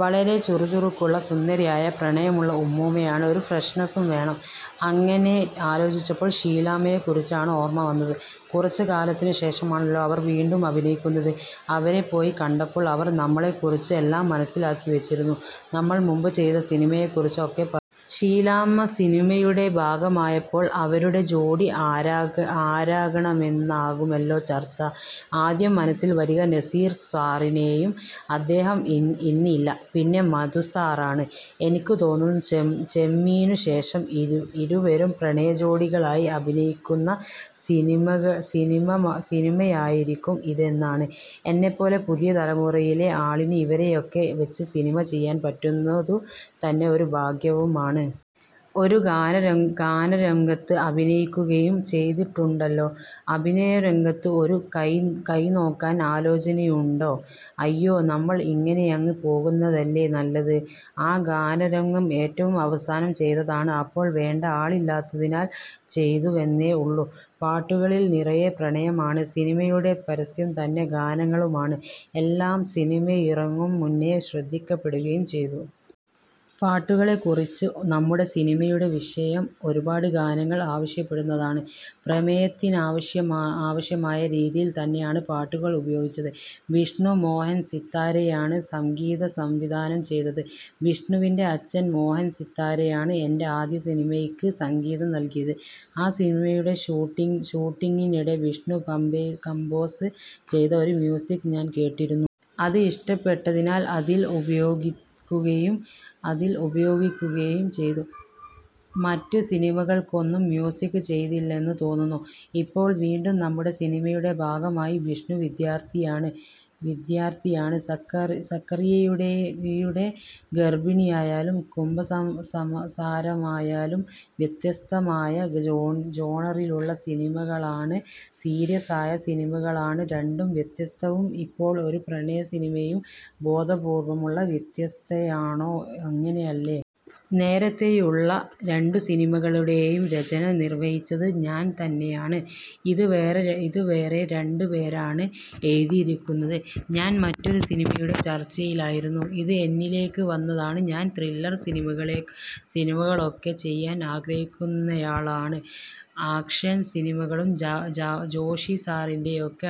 വളരെ ചുറുചുറുക്കുള്ള, സുന്ദരിയായ, പ്രണയമുള്ള ഉമ്മൂമ്മയാണ്. ഒരു ഫ്രഷ്നസും വേണം. അങ്ങനെ ആലോചിച്ചപ്പോൾ ഷീലാമ്മയെക്കുറിച്ചാണ് ഓർമ്മ വന്നത്. കുറച്ച് കാലത്തിനു ശേഷമാണല്ലോ അവർ വീണ്ടും അഭിനയിക്കുന്നത്. അവരെ പോയി കണ്ടപ്പോൾ അവർ നമ്മളെ കുറിച്ച് എല്ലാം മനസ്സിലാക്കി വച്ചിരുന്നു. നമ്മൾ മുമ്പ് ചെയ്ത സിനിമയെ കുറിച്ച് ഒക്കെ പറഞ്ഞു. ഷീലാമ്മ സിനിമയുടെ ഭാഗമായപ്പോൾ അവരുടെ ജോഡി ആരാകണമെന്നാകുമല്ലോ ചർച്ച. ആദ്യം മനസ്സിൽ വരിക നസീർ സാറിനെയാണ്. അദ്ദേഹം ഇന്നില്ല. പിന്നെ മധുസാറാണ്. എനിക്ക് തോന്നുന്നു ചെമ്മീനു ശേഷം ഇരുവരും പ്രണയജോഡികളായി അഭിനയിക്കുന്ന സിനിമയായിരിക്കും ഇതെന്നാണ്. എന്നെപ്പോലെ പുതിയ തലമുറയിലെ ആളിന് ഇവരെയൊക്കെ വച്ച് സിനിമ ചെയ്യാൻ പറ്റുന്നതു തന്നെ ഒരു ഭാഗ്യവും ആണ്. ഒരു ഗാനരംഗത്ത് അഭിനയിക്കുകയും ചെയ്തിട്ടുണ്ടല്ലോ? അഭിനയരംഗത്തും ഒരു കൈനോക്കാൻ ആലോചനയുണ്ടോ? അയ്യോ, നമ്മൾ ഇങ്ങനെയങ്ങ് പോകുന്നതല്ലേ നല്ലത്. ആ ഗാനരംഗം ഏറ്റവും അവസാനം ചെയ്തതാണ്. അപ്പോൾ വേണ്ട ആളില്ലാത്തതിനാൽ ചെയ്തുവെന്നേ ഉള്ളൂ. പാട്ടുകളിൽ നിറയെ പ്രണയമാണ്. സിനിമയുടെ പരസ്യം തന്നെ ഗാനങ്ങളുമാണ്. എല്ലാം സിനിമയിറങ്ങും മുന്നേ ശ്രദ്ധിക്കപ്പെടുകയും ചെയ്തു. പാട്ടുകളെ കുറിച്ച്? നമ്മുടെ സിനിമയുടെ വിഷയം ഒരുപാട് ഗാനങ്ങൾ ആവശ്യപ്പെടുന്നതാണ്. പ്രമേയത്തിനാവശ്യമായ രീതിയിൽ തന്നെയാണ് പാട്ടുകൾ ഉപയോഗിച്ചത്. വിഷ്ണു മോഹൻ സിത്താരയാണ് സംഗീതസംവിധാനം ചെയ്തത്. വിഷ്ണുവിന്റെ അച്ഛൻ മോഹൻ സിത്താരയാണ് എന്റെ ആദ്യ സിനിമയ്ക്ക് സംഗീതം നൽകിയത്. ആ സിനിമയുടെ ഷൂട്ടിംഗിനിടെ വിഷ്ണു കമ്പോസ് ചെയ്ത ഒരു മ്യൂസിക് ഞാൻ കേട്ടിരുന്നു. അത് ഇഷ്ടപ്പെട്ടതിനാൽ അതിൽ ഉപയോഗിക്കുകയും ചെയ്തു. മറ്റ് സിനിമകൾക്കൊന്നും മ്യൂസിക് ചെയ്തില്ലെന്നു തോന്നുന്നു. ഇപ്പോൾ വീണ്ടും നമ്മുടെ സിനിമയുടെ ഭാഗമായി. വിഷ്ണു വിദ്യാർഥിയാണ്. സക്കറിയയുടെ ഗർഭിണിയായാലും കുമ്പസാരമായാലും വ്യത്യസ്തമായ ജോണറിലുള്ള സിനിമകളാണ്. സീരിയസായ സിനിമകളാണ്. രണ്ടും വ്യത്യസ്തവും. ഇപ്പോൾ ഒരു പ്രണയസിനിമയും. ബോധപൂർവമുള്ള വ്യത്യസ്തതയാണോ? അങ്ങനെയല്ല. നേരത്തെയുള്ള രണ്ടു സിനിമകളുടെയും രചന നിർവഹിച്ചത് ഞാൻ തന്നെയാണ്. ഇത് വേറെ രണ്ടുപേരാണ് എഴുതിയിരിക്കുന്നത്. ഞാൻ മറ്റൊരു സിനിമയുടെ ചർച്ചയിലായിരുന്നു. ഇത് എന്നിലേക്ക് വന്നതാണ്. ഞാൻ ത്രില്ലർ സിനിമകളൊക്കെ ചെയ്യാൻ ആഗ്രഹിക്കുന്നയാളാണ്. ആക്ഷൻ സിനിമകളും. ജോഷി സാറിന്റെയൊക്കെ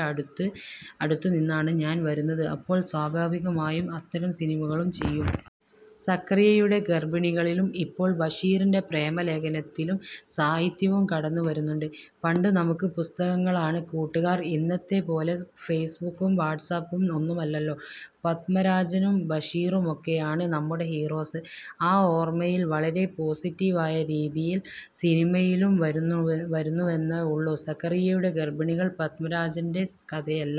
അടുത്തു നിന്നാണ് ഞാൻ വരുന്നത്. അപ്പോൾ സ്വാഭാവികമായും അത്തരം സിനിമകളും ചെയ്യും. സക്കറിയയുടെ ഗർഭിണികളിലും ഇപ്പോൾ ബഷീറിന്റെ പ്രേമലേഖനത്തിലും സാഹിത്യവും കടന്നുവരുന്നുണ്ട്? പണ്ട് നമുക്ക് പുസ്തകങ്ങളാണ് കൂട്ടുകാർ. ഇന്നത്തെപ്പോലെ ഫേസ്ബുക്കും വാട്സ് ആപ്പും ഒന്നുമല്ലല്ലോ? പദ്മരാജനും ബഷീറുമൊക്കെയാണ് നമ്മുടെ ഹീറോസ്. ആ ഓർമ്മയിൽ വളരെ പോസറ്റീവ് ആയ രീതിയിൽ സിനിമയിലും വരുന്നുവെന്നേ ഉള്ളൂ. സക്കറിയയുടെ ഗർഭിണികൾ പദ്മരാജന്റെ കഥയല്ല.